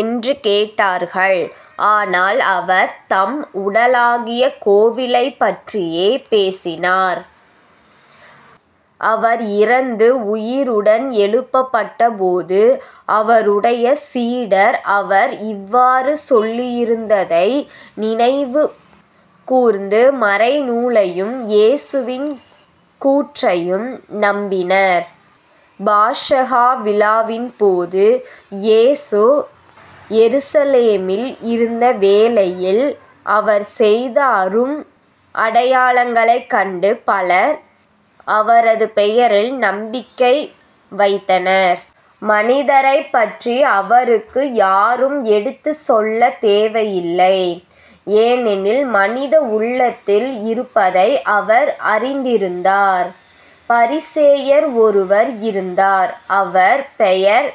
என்று கேட்டார்கள். ஆனால் அவர் தம் உடலாகிய கோவிலைப்பற்றியே பேசினார். அவர் இறந்து உயிருடன் எழுப்பப்பட்டபோது அவருடைய சீடர் அவர் இவ்வாறு சொல்லியிருந்ததை நினைவு கூர்ந்து மறைநூலையும் இயேசுவின் கூற்றையும் நம்பினர். பாஸகா விழாவின்போது இயேசு எருசலேமில் இருந்த வேளையில் அவர் செய்த அரும் அடையாளங்களைக் கண்டு பலர் அவரது பெயரில் நம்பிக்கை வைத்தனர். மனிதரைப் பற்றி அவருக்கு யாரும் எடுத்துச் சொல்லத் தேவையில்லை. ஏனெனில் மனித உள்ளத்தில் இருப்பதை அவர் அறிந்திருந்தார். பரிசேயர் ஒருவர் இருந்தார் அவர் பெயர்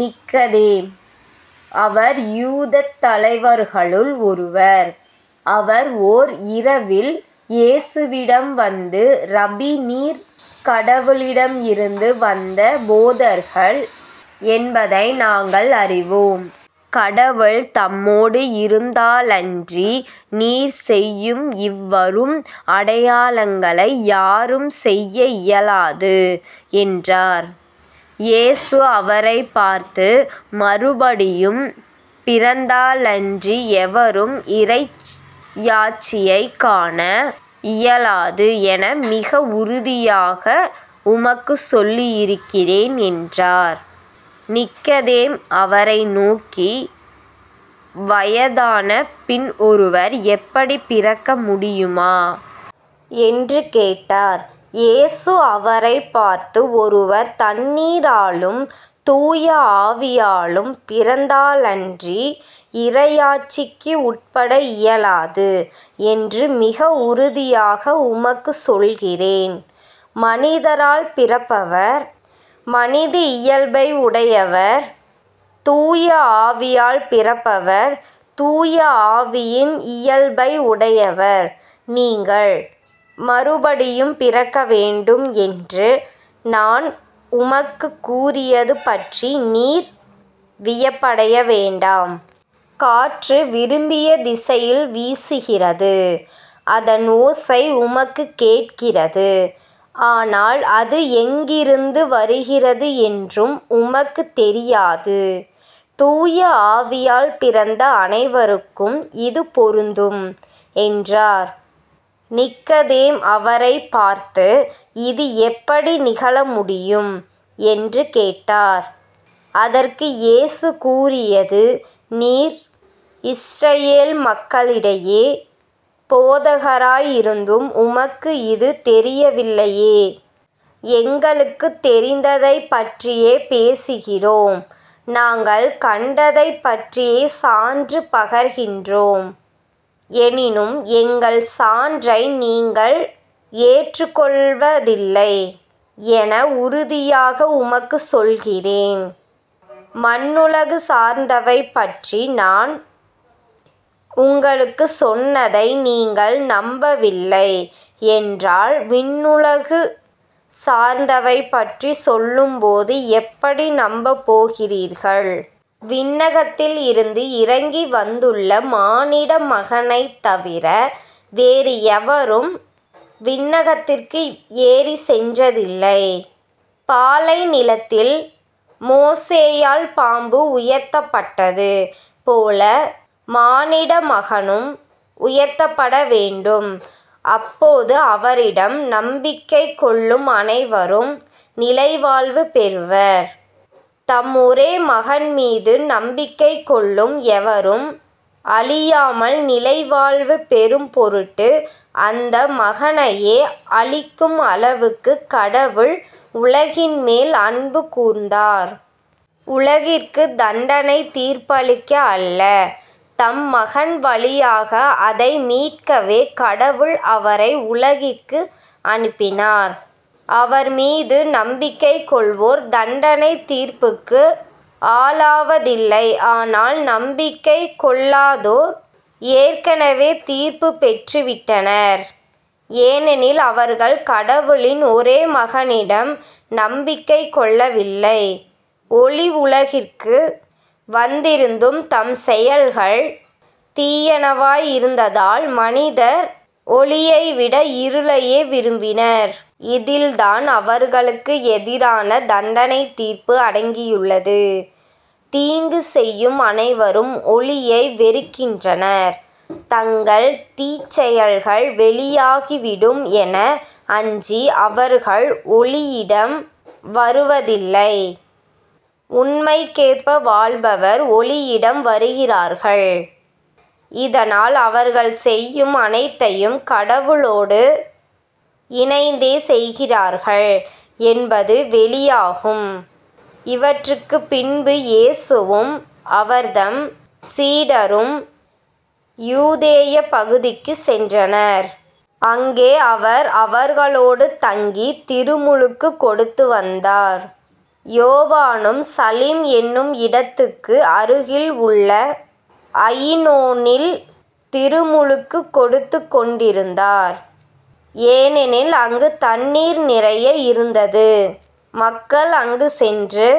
நிக்கதேம். அவர் யூதத் தலைவர்களுள் ஒருவர். அவர் ஓர் இரவில் இயேசுவிடம் வந்து ரபி நீர் கடவுளிடமிருந்து வந்த போதகர் என்பதை நாங்கள் அறிவோம். கடவுள் தம்மோடு இருந்தாலன்றி நீர் செய்யும் இவ்வரும் அடையாளங்களை யாரும் செய்ய இயலாது என்றார். இயேசு அவரைப் பார்த்து மறுபடியும் பிறந்தாலன்றி எவரும் இறையாட்சியைக் காண இயலாது என மிக உறுதியாக உமக்குச் சொல்லுகிறேன் என்றார். நிக்கதேம் அவரைநோக்கி வயதானபின் ஒருவர் எப்படிப் பிறக்க முடியுமா? என்று கேட்டார். இயேசு அவரைப் பார்த்து ஒருவர் தண்ணீராலும் தூய ஆவியாலும் பிறந்தாலன்றி இறையாட்சிக்கு உட்பட இயலாது என்று மிக உறுதியாக உமக்குச் சொல்கிறேன். மனிதரால் பிறப்பவர் மனித இயல்பை உடையவர். தூய ஆவியால் பிறப்பவர் தூய ஆவியின் இயல்பை உடையவர். நீங்கள் மறுபடியும் பிறக்கவேண்டும் என்று நான் உமக்குக் கூறியது பற்றி நீர் வியப்படைய வேண்டாம். காற்று விரும்பிய திசையில் வீசுகிறது. அதன் ஓசை உமக்குக் கேட்கிறது. ஆனால் அது எங்கிருந்து வருகிறது என்றும் உமக்குத் தெரியாது. தூய ஆவியால் பிறந்த அனைவருக்கும் இது பொருந்தும் என்றார். நிக்கதேம் அவரைப் பார்த்து இது எப்படி நிகழ முடியும்? என்று கேட்டார். அதற்கு இயேசு கூறியது நீர் இஸ்ரயேல் மக்களிடையே போதகராய் இருந்தும் உமக்கு இது தெரியவில்லையே. எங்களுக்குத் தெரிந்ததைப் பற்றியே பேசுகிறோம் நாங்கள் கண்டதைப் பற்றியே சான்று பகர்கின்றோம். எனினும் எங்கள் சான்றை நீங்கள் ஏற்றுக்கொள்வதில்லை என உறுதியாக உமக்குச் சொல்கிறேன். மண்ணுலகு சார்ந்தவை பற்றி நான் உங்களுக்குச் சொன்னதை நீங்கள் நம்பவில்லை என்றால் விண்ணுலகு சார்ந்தவை பற்றிச் சொல்லும் போது எப்படி நம்பப்போகிறீர்கள்? விண்ணகத்திலிருந்து இறங்கி வந்துள்ள மானிட மகனைத் தவிர வேறு எவரும் விண்ணகத்திற்கு ஏறிச் சென்றதில்லை. பாலைநிலத்தில் மோசேயால் பாம்பு உயர்த்தப்பட்டது போல மானிடமகனும் உயர்த்தப்பட வேண்டும். அப்போது அவரிடம் நம்பிக்கை கொள்ளும் அனைவரும் நிலைவாழ்வு பெறுவர். தம் ஒரே மகன் மீது நம்பிக்கை கொள்ளும் எவரும் அழியாமல் நிலைவாழ்வு பெறும் பொருட்டு அந்த மகனையே அளிக்கும் அளவுக்குக் கடவுள் உலகின்மேல் அன்பு கூர்ந்தார். உலகிற்குத் தண்டனைத் தீர்ப்பளிக்க அல்ல தம் மகன் வழியாக அதை மீட்கவே கடவுள் அவரை உலகிற்கு அனுப்பினார். அவர்மீது நம்பிக்கை கொள்வோர் தண்டனைத் தீர்ப்புக்கு ஆளாவதில்லை ஆனால் நம்பிக்கை கொள்ளாதோர் ஏற்கெனவே தீர்ப்புப் பெற்றுவிட்டனர். ஏனெனில் அவர்கள் கடவுளின் ஒரே மகனிடம் நம்பிக்கை கொள்ளவில்லை. ஒளி உலகிற்கு வந்திருந்தும் தம் செயல்கள் தீயனவாய் இருந்ததால் மனிதர் ஒளியைவிட இருளையே விரும்பினர். இதில்தான் அவர்களுக்கு எதிரான தண்டனைத் தீர்ப்பு அடங்கியுள்ளது. தீங்கு செய்யும் அனைவரும் ஒளியை வெறுக்கின்றனர். தங்கள் தீச்செயல்கள் வெளியாகிவிடும் என அஞ்சி அவர்கள் ஒளியிடம் வருவதில்லை. உண்மைக்கேற்ப வாழ்பவர் ஒளியிடம் வருகிறார்கள். இதனால் அவர்கள் செய்யும் அனைத்தையும் கடவுளோடு இணைந்தே செய்கிறார்கள் என்பது வெளியாகும். இவற்றுக்குப் பின்பு இயேசுவும் அவர்தம் சீடரும் யூதேயப் பகுதிக்குச் சென்றனர். அங்கே அவர் அவர்களோடு தங்கித் திருமுழுக்குக் கொடுத்து வந்தார். யோவானும் சலீம் என்னும் இடத்துக்கு அருகில் உள்ள அயினோனில் திருமுழுக்குக் கொடுத்துக் கொண்டிருந்தார். ஏனெனில் அங்குத் தண்ணீர் நிறைய இருந்தது. மக்கள் அங்கு சென்று